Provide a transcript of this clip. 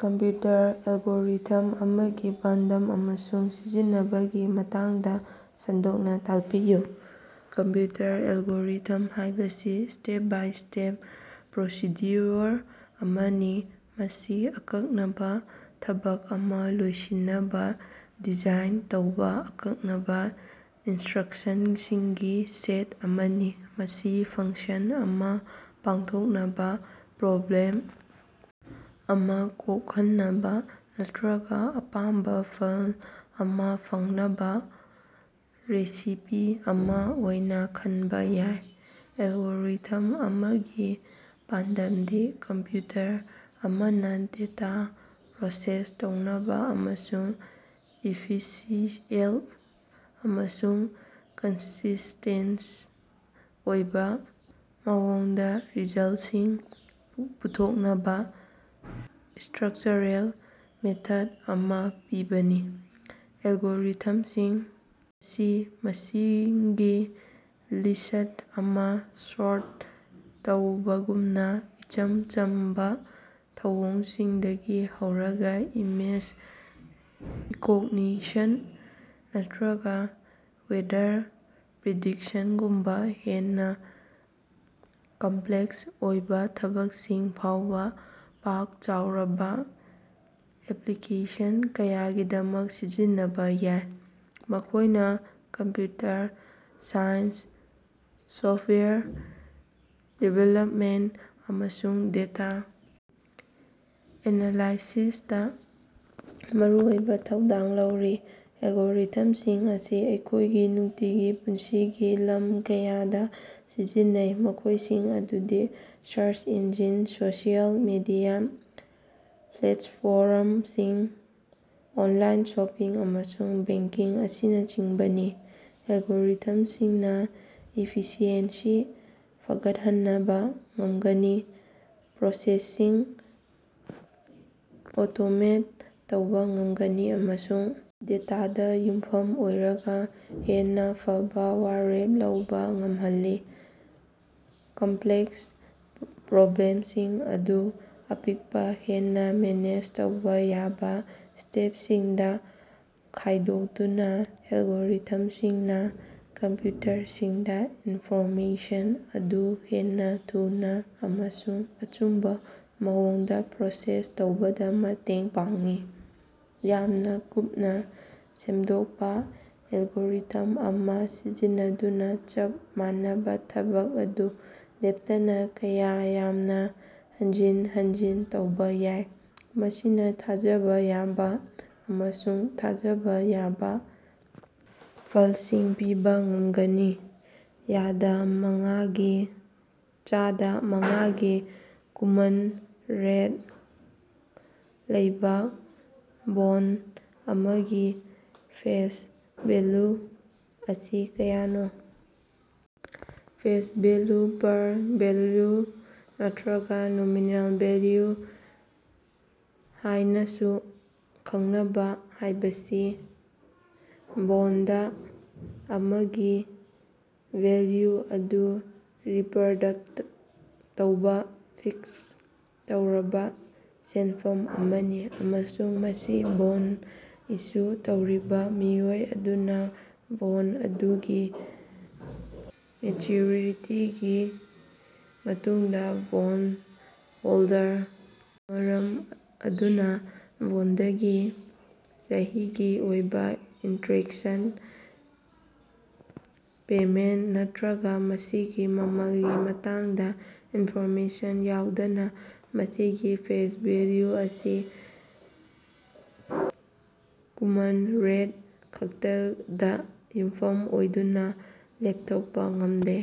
Computer algorithm ꯑꯃꯒꯤ ꯄꯥꯟꯗꯝ ꯑꯃꯁꯨꯡ ꯁꯤꯖꯤꯟꯅꯕꯒꯤ ꯃꯇꯥꯡꯗ ꯁꯟꯗꯣꯛꯅꯥ ꯇꯥꯛꯄꯤꯌꯨ꯫ ꯀꯝꯄꯌꯨꯇꯔ ꯑꯦꯜꯒꯣꯔꯤꯊꯝ ꯍꯥꯏꯕꯁꯤ ꯁ꯭ꯇꯦꯞ ꯕꯥꯏ ꯁ꯭ꯇꯦꯞ ꯄ꯭ꯔꯣꯁꯤꯗ꯭ꯌꯨꯑꯣꯔ ꯑꯃꯅꯤ, ꯃꯁꯤ ꯑꯀꯛꯅꯕꯥ ꯊꯕꯛ ꯑꯃꯥ ꯂꯣꯏꯁꯤꯟꯅꯕꯥ ꯗꯤꯖꯥꯏꯟ ꯇꯧꯕꯥ ꯑꯀꯛꯅꯕꯥ ꯏꯅꯁ꯭ꯇꯔꯛꯁꯟꯁꯤꯡꯒꯤ ꯁꯦꯠ ꯑꯃꯅꯤ꯫ ꯃꯁꯤ ꯐꯪꯁꯟ ꯑꯃꯥ ꯄꯥꯡꯊꯣꯛꯅꯕꯥ, ꯄ꯭ꯔꯣꯕ꯭ꯂꯦꯝ ꯑꯃꯥ ꯀꯣꯛꯍꯟꯅꯕꯥ ꯅꯠꯇꯔꯒꯥ ꯑꯄꯥꯝꯕꯥ ꯐꯜ ꯑꯃꯥ ꯐꯪꯅꯕꯥ ꯔꯦꯁꯤꯄꯤ ꯑꯃꯥ ꯑꯣꯏꯅꯥ ꯈꯟꯕ ꯌꯥꯏ꯫ ꯑꯦꯜꯒꯣꯔꯤꯊꯝ ꯑꯃꯒꯤ ꯄꯥꯟꯗꯝꯗꯤ ꯀꯝꯄꯌꯨꯇꯔ ꯑꯃꯅ ꯗꯦꯇꯥ ꯄ꯭ꯔꯣꯁꯦꯁ ꯇꯧꯅꯕ ꯑꯃꯁꯨꯡ ꯏꯐꯤꯁꯤꯑꯦꯟꯠ ꯑꯃꯁꯨꯡ ꯀꯟꯁꯤꯁ꯭ꯇꯦꯟꯠ ꯑꯣꯏꯕ ꯃꯑꯣꯡꯗ ꯔꯤꯖꯜꯠꯁꯤꯡ ꯄꯨꯊꯣꯛꯅꯕꯥ ꯁ꯭ꯇꯔꯛꯆꯔꯦꯜ ꯃꯦꯊꯗ ꯑꯃꯥ ꯄꯤꯕꯅꯤ꯫ ꯑꯦꯜꯒꯣꯔꯤꯊꯝꯁꯤꯡ ꯑꯁꯤ ꯃꯁꯤꯡꯒꯤ ꯂꯤꯁ꯭ꯠ ꯑꯃꯥ ꯁꯣꯔꯠ ꯇꯧꯕꯒꯨꯝꯕ ꯏꯆꯝ ꯆꯝꯕꯥ ꯊꯧꯑꯣꯡꯁꯤꯡꯗꯒꯤ ꯍꯧꯔꯒ ꯏꯃꯦꯖ ꯔꯤꯀꯣꯒꯅꯤꯁꯟ ꯅꯠꯇꯔꯒ ꯋꯦꯗꯔ ꯄ꯭ꯔꯤꯗꯤꯛꯁꯟꯒꯨꯝꯕꯥ ꯍꯦꯟꯅꯥ ꯀꯝꯄꯂꯦꯛꯁ ꯑꯣꯏꯕꯥ ꯊꯕꯛꯁꯤꯡ ꯐꯥꯎꯕꯥ ꯄꯥꯛ ꯆꯥꯎꯔꯕ ꯑꯦꯄꯂꯤꯀꯦꯁꯟ ꯀꯌꯥꯒꯤꯗꯃꯛ ꯁꯤꯖꯤꯟꯅꯕꯥ ꯌꯥꯏ꯫ ꯃꯈꯣꯏꯅ ꯀꯝꯄꯌꯨꯇꯔ ꯁꯥꯏꯟꯁ, ꯁꯣꯐꯋꯦꯌꯔ ꯗꯤꯕꯦꯂꯞꯃꯦꯟꯇ, ꯑꯃꯁꯨꯡ ꯗꯦꯇꯥ ꯑꯦꯅꯥꯂꯥꯏꯁꯤꯁꯇꯥ ꯃꯔꯨꯑꯣꯏꯕꯥ ꯊꯧꯗꯥꯡ ꯂꯧꯔꯤ꯫ ꯑꯦꯜꯒꯣꯔꯤꯊꯝꯁꯤꯡ ꯑꯁꯤ ꯑꯩꯈꯣꯏꯒꯤ ꯅꯨꯡꯇꯤꯒꯤ ꯄꯨꯟꯁꯤꯒꯤ ꯂꯝ ꯀꯌꯥꯗꯥ ꯁꯤꯖꯤꯟꯅꯩ, ꯃꯈꯣꯏꯁꯤꯡ ꯑꯗꯨꯗꯤ ꯁꯔꯆ ꯏꯟꯖꯤꯟ, ꯁꯣꯁꯤꯑꯦꯜ ꯃꯤꯗꯤꯌꯥ ꯄ꯭ꯂꯦꯠꯐꯣꯔꯝꯁꯤꯡ, ꯑꯣꯟꯂꯥꯏꯟ ꯁꯣꯄꯤꯡ, ꯑꯃꯁꯨꯡ ꯕꯦꯡꯀꯤꯡ ꯑꯁꯤꯅꯆꯤꯡꯕꯅꯤ꯫ ꯑꯦꯜꯒꯣꯔꯤꯊꯝꯁꯤꯡꯅꯥ ꯏꯐꯤꯁꯤꯑꯦꯟꯁꯤ ꯐꯒꯠꯍꯅꯕꯥ ꯉꯝꯒꯅꯤ, ꯄ꯭ꯔꯣꯁꯦꯁꯁꯤꯡ ꯑꯣꯇꯣꯃꯦꯠ ꯇꯧꯕꯥ ꯉꯝꯒꯅꯤ ꯑꯃꯁꯨꯡ ꯗꯦꯇꯥꯗ ꯌꯨꯝꯐꯝ ꯑꯣꯏꯔꯒꯥ ꯍꯦꯟꯅꯥ ꯐꯕꯥ ꯋꯥꯔꯦꯞ ꯂꯧꯕꯥ ꯉꯝꯍꯜꯂꯤ꯫ ꯀꯝꯄꯂꯦꯛꯁ ꯄ꯭ꯔꯣꯕ꯭ꯂꯦꯝꯁꯤꯡ ꯑꯗꯨ ꯑꯄꯤꯛꯄꯥ, ꯍꯦꯟꯅ ꯃꯦꯅꯦꯖ ꯇꯧꯕꯥ ꯌꯥꯕꯥ ꯁ꯭ꯇꯦꯞꯁꯤꯡꯗꯥ ꯈꯥꯏꯗꯣꯛꯇꯨꯅ, ꯑꯦꯜꯒꯣꯔꯤꯊꯝꯁꯤꯡꯅꯥ ꯀꯝꯄꯌꯨꯇꯔꯁꯤꯡꯗꯥ ꯏꯟꯐꯣꯔꯃꯦꯁꯟ ꯑꯗꯨ ꯍꯦꯟꯅꯥ ꯊꯨꯅꯥ ꯑꯃꯁꯨꯡ ꯑꯆꯨꯝꯕꯥ ꯃꯑꯣꯡꯗꯥ ꯄ꯭ꯔꯣꯁꯦꯁ ꯇꯧꯕꯗ ꯃꯇꯦꯡ ꯄꯥꯡꯏ꯫ ꯌꯥꯝꯅꯥ ꯀꯨꯞꯅꯥ ꯁꯦꯝꯗꯣꯛꯄꯥ ꯑꯦꯜꯒꯣꯔꯤꯊꯝ ꯑꯃꯥ ꯁꯤꯖꯤꯟꯅꯗꯨꯅꯥ, ꯆꯞ ꯃꯥꯟꯅꯕꯥ ꯊꯕꯛ ꯑꯗꯨ ꯂꯦꯞꯇꯅꯥ ꯀꯌꯥ ꯌꯥꯝꯅꯥ ꯍꯟꯖꯤꯟ ꯍꯟꯖꯤꯟ ꯇꯧꯕꯥ ꯌꯥꯏ, ꯃꯁꯤꯅꯥ ꯊꯥꯖꯕꯥ ꯌꯥꯕꯥ ꯑꯃꯁꯨꯡ ꯊꯥꯖꯕꯥ ꯌꯥꯕꯥ ꯐꯂꯁꯤꯡ ꯄꯤꯕꯥ ꯉꯃꯒꯅꯤ꯫ ꯌꯥꯗ ꯃꯉꯥꯒꯤ ꯆꯥꯗ ꯃꯉꯥꯒꯤ ꯀꯨꯃꯟ ꯔꯦꯠ ꯂꯩꯕꯥ ꯕꯣꯟꯗ ꯑꯃꯒꯤ ꯐꯦꯁ ꯚꯦꯜꯌꯨ ꯑꯁꯤ ꯀꯌꯥꯅꯣ? ꯐꯦꯁ ꯚꯦꯜꯌꯨ ꯄꯥꯔ ꯚꯦꯜꯌꯨ ꯅꯠꯇꯔꯒ ꯅꯣꯃꯤꯅꯦꯜ ꯚꯦꯜꯌꯨ ꯍꯥꯌꯅꯥꯁꯨ ꯈꯪꯅꯕꯥ ꯍꯥꯏꯕꯁꯤ ꯕꯣꯟꯗ ꯑꯃꯒꯤ ꯚꯦꯜꯌꯨ ꯑꯗꯨ ꯔꯤꯄꯔꯗꯛꯇ ꯇꯧꯕꯥ ꯐꯤꯛꯁ ꯇꯧꯔꯕꯥ ꯁꯦꯟꯐꯝ ꯑꯃꯅꯤ, ꯑꯃꯁꯨꯡ ꯃꯁꯤ ꯕꯣꯟꯗ ꯏꯁꯨ ꯇꯧꯔꯤꯕꯥ ꯃꯤꯑꯣꯏ ꯑꯗꯨꯅꯥ ꯕꯣꯟꯗ ꯑꯗꯨꯒꯤ ꯃꯦꯆ꯭ꯌꯨꯔꯤꯇꯤꯒꯤ ꯃꯇꯨꯡꯗꯥ ꯕꯣꯟꯗ ꯍꯣꯜꯗꯔ ꯃꯔꯝ ꯑꯗꯨꯅꯥ, ꯕꯣꯟꯗꯒꯤ ꯆꯍꯤꯒꯤ ꯑꯣꯏꯕꯥ ꯏꯟꯇꯔꯦꯁꯟ ꯄꯦꯃꯦꯟꯇ ꯅꯠꯇꯔꯒꯥ ꯃꯁꯤꯒꯤ ꯃꯃꯜꯒꯤ ꯃꯇꯥꯡꯗ ꯏꯟꯐꯣꯔꯃꯦꯁꯟ ꯌꯥꯎꯗꯅꯥ, ꯃꯁꯤꯒꯤ ꯐꯦꯁ ꯚꯦꯜꯌꯨ ꯑꯁꯤ ꯀꯨꯃꯟ ꯔꯦꯠ ꯈꯛꯇꯗꯥ ꯌꯨꯝꯐꯝ ꯑꯣꯏꯗꯨꯅꯥ ꯂꯦꯞꯊꯣꯛꯄꯥ ꯉꯝꯗꯦ꯫